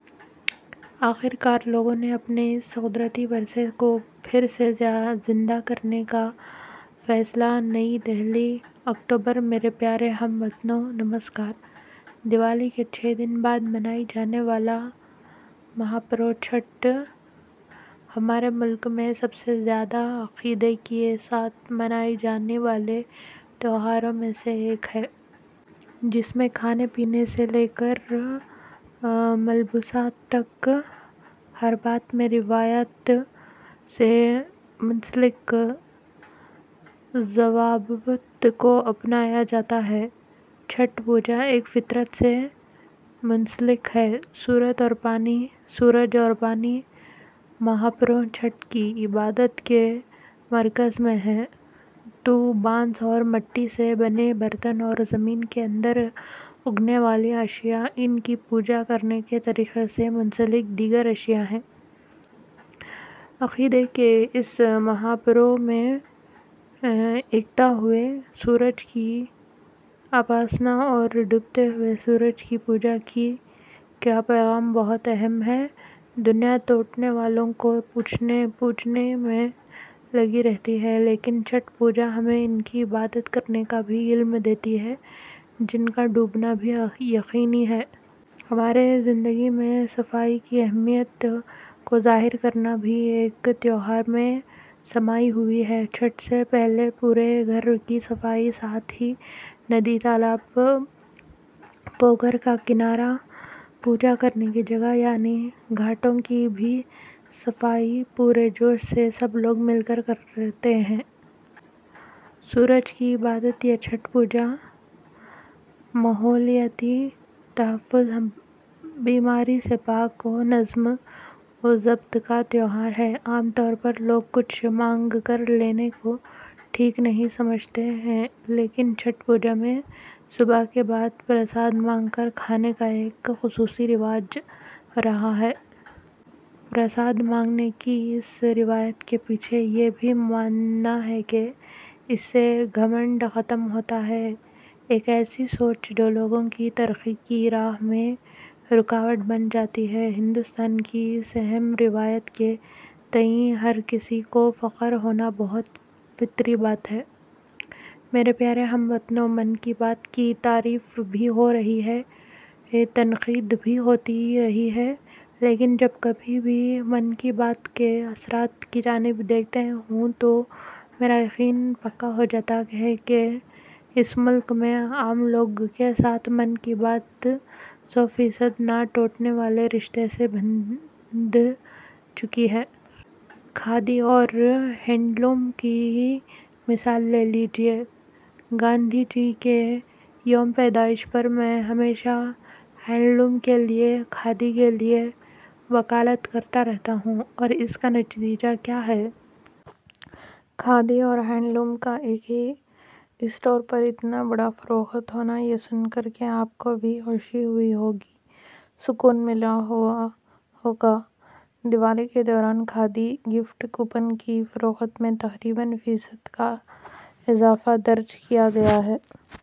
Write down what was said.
آخر کار، لوگوں نے اپنے اس قدرتی ورثے کو پھر سے زندہ کرنے کا فیصلہ. نئی دہلی۔ اکتوبر؛ میرے پیارے ہم وطنوں۔ نمسکار۔ دیوالی کے چھ دن بعد منائے جانے والا مہاپرو چھٹ، ہمارے ملک میں سب سے زیادہ عقیدے کے ساتھ منائے جانے والے تہواروں میں سے ایک ہے۔ جس میں کھانے پینے سے لے کر ملبوسات تک ، ہر بات میں روایت سے منسلک ضوابط کو اپنایا جاتا ہے۔ چھٹ پوجا ایک فطرت سے منسلک ہے۔ سورج اور پانی، مہاپرو چھٹ کی عبادت کے مرکز میں ہیں، تو بانس اور مٹی سے بنے برتن اور زمین کے اندر اگنے والی اشیاء، ان کی پوجا کرنے کے طریقے سے منسلک دیگر اشیاء ہیں۔ عقیدے کے اس مہاپرو میں اگتے ہوئے سورج کی اپاسنا اور ڈوبتے ہوئے سورج کی پوجا کا پیغام بہت اہم ہے۔ دنیا تو اٹھنے والوں کو پوجنے میں لگی رہتی ہے لیکن چھٹ پوجا ہمیں، ان کی عبادت کرنے کا بھی علم دیتی ہے جن کا ڈوبنا بھی یقینی ہے۔ ہماری زندگی میں صفائی کی اہمیت کو ظاہر کرنا بھی اس تہوار میں سمائی ہوئی ہے۔ چھٹ سے پہلے پورے گھر کی صفائی، ساتھ ہی ندی، تالاب، پوکھر کے کناروں، پوجا کرنے کی جگہ یعنی گھاٹوں کی بھی صفائی ، پورے جوش سے سب لوگ مل کر کرتے ہیں۔ سورج کی عبادت یا چھٹ پوجا، ماحولیاتی تحفظ، بیماری سے پاک و نظم و ضبط کا تہوار ہے۔ عام طور پر لوگ کچھ مانگ کر لینے کو ٹھیک نہیں سمجھتے ہیں لیکن چھٹ پوجا میں صبح کے بعد پرساد مانگ کر کھانے کا ایک خصوصی رواج رہا ہے۔ پرساد مانگنے کی اس روایت کے پیچھے یہ بھی ماننا ہے کہ اس سے گھمنڈ ختم ہوتا ہے۔ ایک ایسی سوچ جو لوگوں کی ترقی کی راہ میں رکاوٹ بن جاتی ہے۔ ہندوستان کی اس اہم روایت کے تئیں ہر کسی کو فخر ہونا بہت فطری بات ہے۔ میرے پیارے ہم وطنوں، 'من کی بات' کی تعریف بھی ہوتی رہی ہے، تنقید بھی ہوتی رہتی ہے۔ لیکن جب کبھی میں 'من کی بات' کے اثرات کی جانب دیکھتا ہوں تو میرا یقین پکا ہو جاتا ہے کہ اس ملک میں عام لوگ کے ساتھ 'من کی بات' سو فیصد نہ ٹوٹنے والے رشتے سے بندھ چکی ہے۔ کھادی اور ہینڈلوم کی ہی مثال لے لیجیے۔ گاندھی جی کے یوم پیدائش پر میں ہمیشہ ہینڈ لوم کے لیے، کھادی کے لیے وکالت کرتا رہتا ہوں اور اس کا نتیجہ کیا ہے۔ کھادی اور ہینڈ لوم کا، ایک ہی اسٹور پر اتنا بڑا فروخت ہونا، یہ سن کر کے آپ کو بھی خوشی ہوئی ہوگی، سکون ملا ہوگا۔ دیوالی کے دوران کھادی گفٹ کوپن کی فرخت میں تقریباً فیصد کا اضافہ درج کیا گیا ہے۔